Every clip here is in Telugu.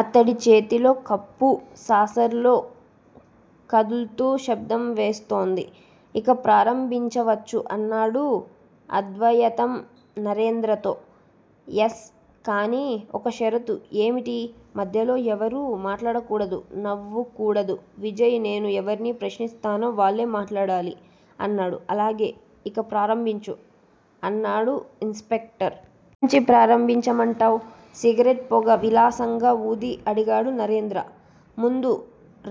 అతడి చేతిలో కప్పు సాసర్ లో కదుల్తూ శబ్దం వేస్తోంది. ఇక ప్రారంభించవచ్చు అన్నాడు అద్వయితం నరేంద్రతో. ఎస్. కాని ఒక్క షరతు ఏమిటి? మధ్యలో ఎవరూ మాట్లాడకూడదు. నవ్వుకూడదు విజయ్ నేను ఎవర్ని ప్రశ్నిస్తానో వాళ్ళే మాట్లాడాలి అన్నాడు. అలాగే ఇక ప్రారంభించు అన్నాడు ఇన్స్ స్పెక్టర్. ఎక్కడ్నుంచి ప్రారంభించమంటావ్? సిగరెట్ పొగ విలాసంగా ఊది అడిగాడు నరేంద్ర. ముందు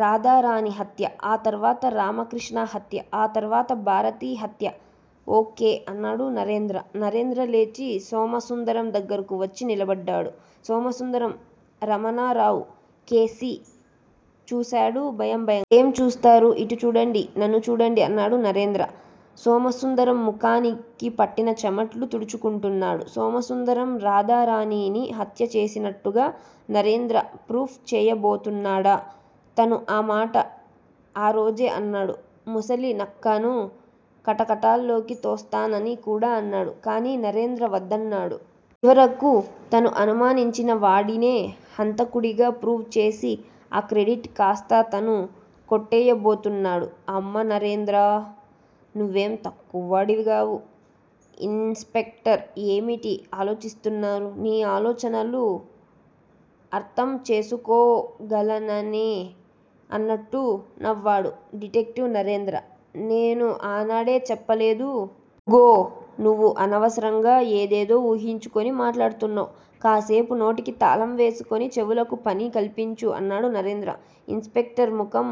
రాధారాణి హత్యా, ఆ తర్వాత రామకృష్ణ హత్యా ఆ తర్వాత భారతి హత్యా ఓ. కె. అన్నాడు నరేంద్ర. నరేంద్ర లేచి సోమసుందరం దగ్గరకు వచ్చి నిలబడ్డాడు. సోమసుందరం రమణారావు కేసి చూశాడు భయం భయంగా. ఎమ్ చూస్తారు? ఇటు చూడండి. నన్ను చూడండి అన్నాడు నరేంద్ర. సోమసుందరం ముఖానికి పట్టిన చమట్లు- తుడుచుకుంటున్నాడు. సోమసుందరం రాధారాణిని హత్య చేసినట్టుగా నరేంద్ర ప్రూప్ చెయ్యబోతున్నాడా? తను ఆ మాట ఆ రోజే అన్నాడు. ముసలి నక్కను కటకటాల్లోకి తోస్తానని కూడా అన్నాడు. కాని నరేంద్ర వద్దన్నాడు. చివరకు తను అనుమానించిన వాడినే హంతకుడిగా ప్రూవ్ చేసి ఆ క్రెడిట్ కాస్తా తను కొట్టెయ్యబోతున్నాడు. అమ్మ నరేంద్రా! నువ్వేం తక్కువ వాడివికావు. ఇన్స్ స్పెక్టర్ ఏమిటి ఆలోచిస్తున్నారు, నీ ఆలోచనలు అర్థం చేసుకోగలననే అన్నట్టు నవ్వాడు డిటెక్టివ్ నరేంద్ర. నేను ఆనాడే చెప్పలేదూ? గో నువ్వు అనవసరంగా ఏదేదో ఊహించుకొని మాట్లాడుతున్నావ్. కాసేపు నోటికి తాళం వేసుకొని చెవులకు పని కల్పించు అన్నాడు నరేంద్ర. ఇన్స్ స్పెక్టర్ ముఖం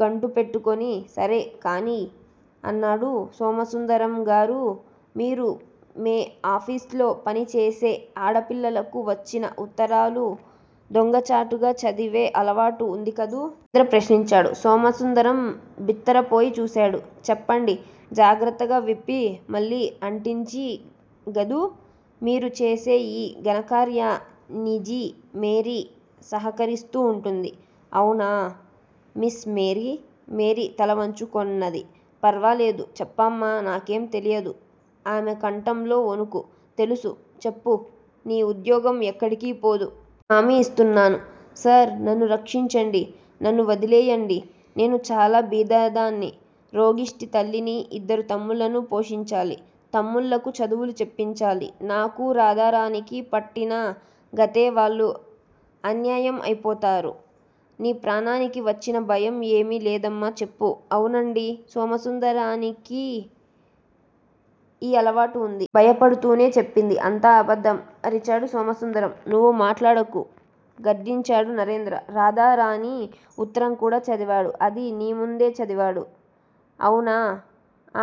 గంటుపెట్టుకొని సరే, కానియ్! అన్నాడు సోమసుందరంగారూ? మీరు మే ఆఫీసులో పనిచేసే ఆడపిల్లలకు వచ్చిన ఉత్తరాలు దొంగచాటుగా చదివే అలవాటు ఉందికదూ? నరేంద్ర ప్రశ్నించాడు. సోమసుందరం బిత్తరపోయి చూశాడు. చెప్పండి జాగ్రత్తగా విప్పి, మళ్లీ అంటించి గదూ? మీరు చేసే ఈ ఘనకార్యానిజి మేరీ సహకరిస్తూ ఉంటుంది. ఆవునా మిస్ మేరీ? మేరీ తలవంచుకొన్నదీ. ఫర్వాలేదు చెప్పమ్మా నాకేం తెలియదు. ఆమె కంఠంలో ఒణుకు. తెలుసు, చెప్పు. నీ ఉద్యోగం ఎక్కడికీపోదు. హామీ ఇస్తున్నాను. సార్ నన్ను రక్షించండి. నన్ను వదిలెయ్యండి. నేను చాలా బీదదాన్ని. రోగిష్టి తల్లినీ, ఇద్దరు తమ్ముళ్ళనూ పోషించాలి. తమ్ముళ్లకు చదువులు చెప్పించాలి. నాకూ రాధారాణికి పట్టిన గతే వాళ్ళు అన్యాయం అయిపోతారు. నీ ప్రాణానికి వచ్చిన భయం ఏమీ లేదమ్మా చెప్పు, అవునండీ సోమసుందరానికీ ఇ అలవాటు ఉంది. భయపడుతూనే చెప్పింది. అంతా అబద్దం! అరిచాడు సోమసుందరం. నువ్వు మాట్లాడకు. గద్దించాడు నరేంద్ర. రాధారాణి ఉత్తరం కూడా చదివాడు అది నీ ముందే చదివాడు. అవునా?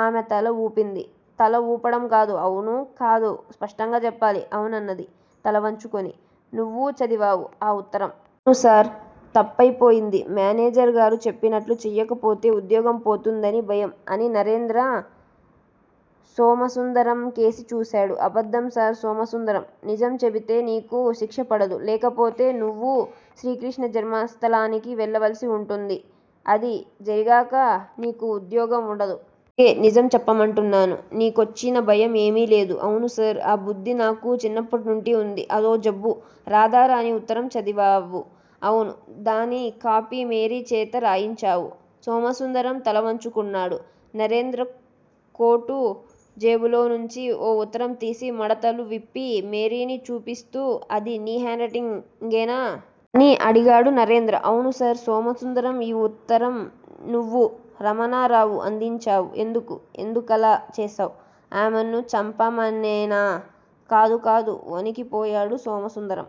ఆమె తల ఊపింది. తల ఊపడం కాదు. అవును. కాదు. స్పష్టంగా చెప్పాలి. అవును అన్నది తలవంచుకొని. నువ్వూ చదివావు ఆ ఉత్తరం. అవును సార్, తప్పయి పోయింది. మేనేజర్ గారు చెప్పినట్లు చెయ్యకపోతే ఉద్యోగం పోతుందని భయం. అని నరేంద్ర సోమసుందరంకేసి చూశాడు. అబద్దం సార్! సోమసుందరం! నిజం చెబితే నీకు శిక్షపడదు. లేకపోతే నువ్వూ శ్రీకృష్ణ జన్మస్థలానికి వెళ్ళవలసి ఉంటుంది. అది జరిగాక నీకు ఉద్యోగం ఉండడు. అందుకే నిజం చెప్పమంటున్నాను. నీకొచ్చిన భయం ఏమీలేదు. అవును సార్. ఆ బుద్ది నాకు చిన్నప్పట్నుండి ఉంది. అదో జబ్బు. రాధారాణి ఉత్తరం చదివావు. అవును! దాని కాపీ మేరీ చేత రాయించావు. సోమసుందరం తలవంచుకొన్నాడు. నరేంద్ర కోటు జేబులోనుంచి ఒ ఉత్తరం తీసి మడతలు విప్పి మేరీకి చూపిస్తూ అదీ నీ హండ్ రైటింగేగా? అని అడిగాడు నరేంద్ర. అవును సార్. సోమసుందరం ఈ ఉత్తరం నువ్వు రమణరావు అందించావు. ఎందుకు? ఎందుకలా చేశావ్? ఆమెను చంపమనేనా? కాదు, కాదు. ఒణికి పోయాడు సోమసుందరం.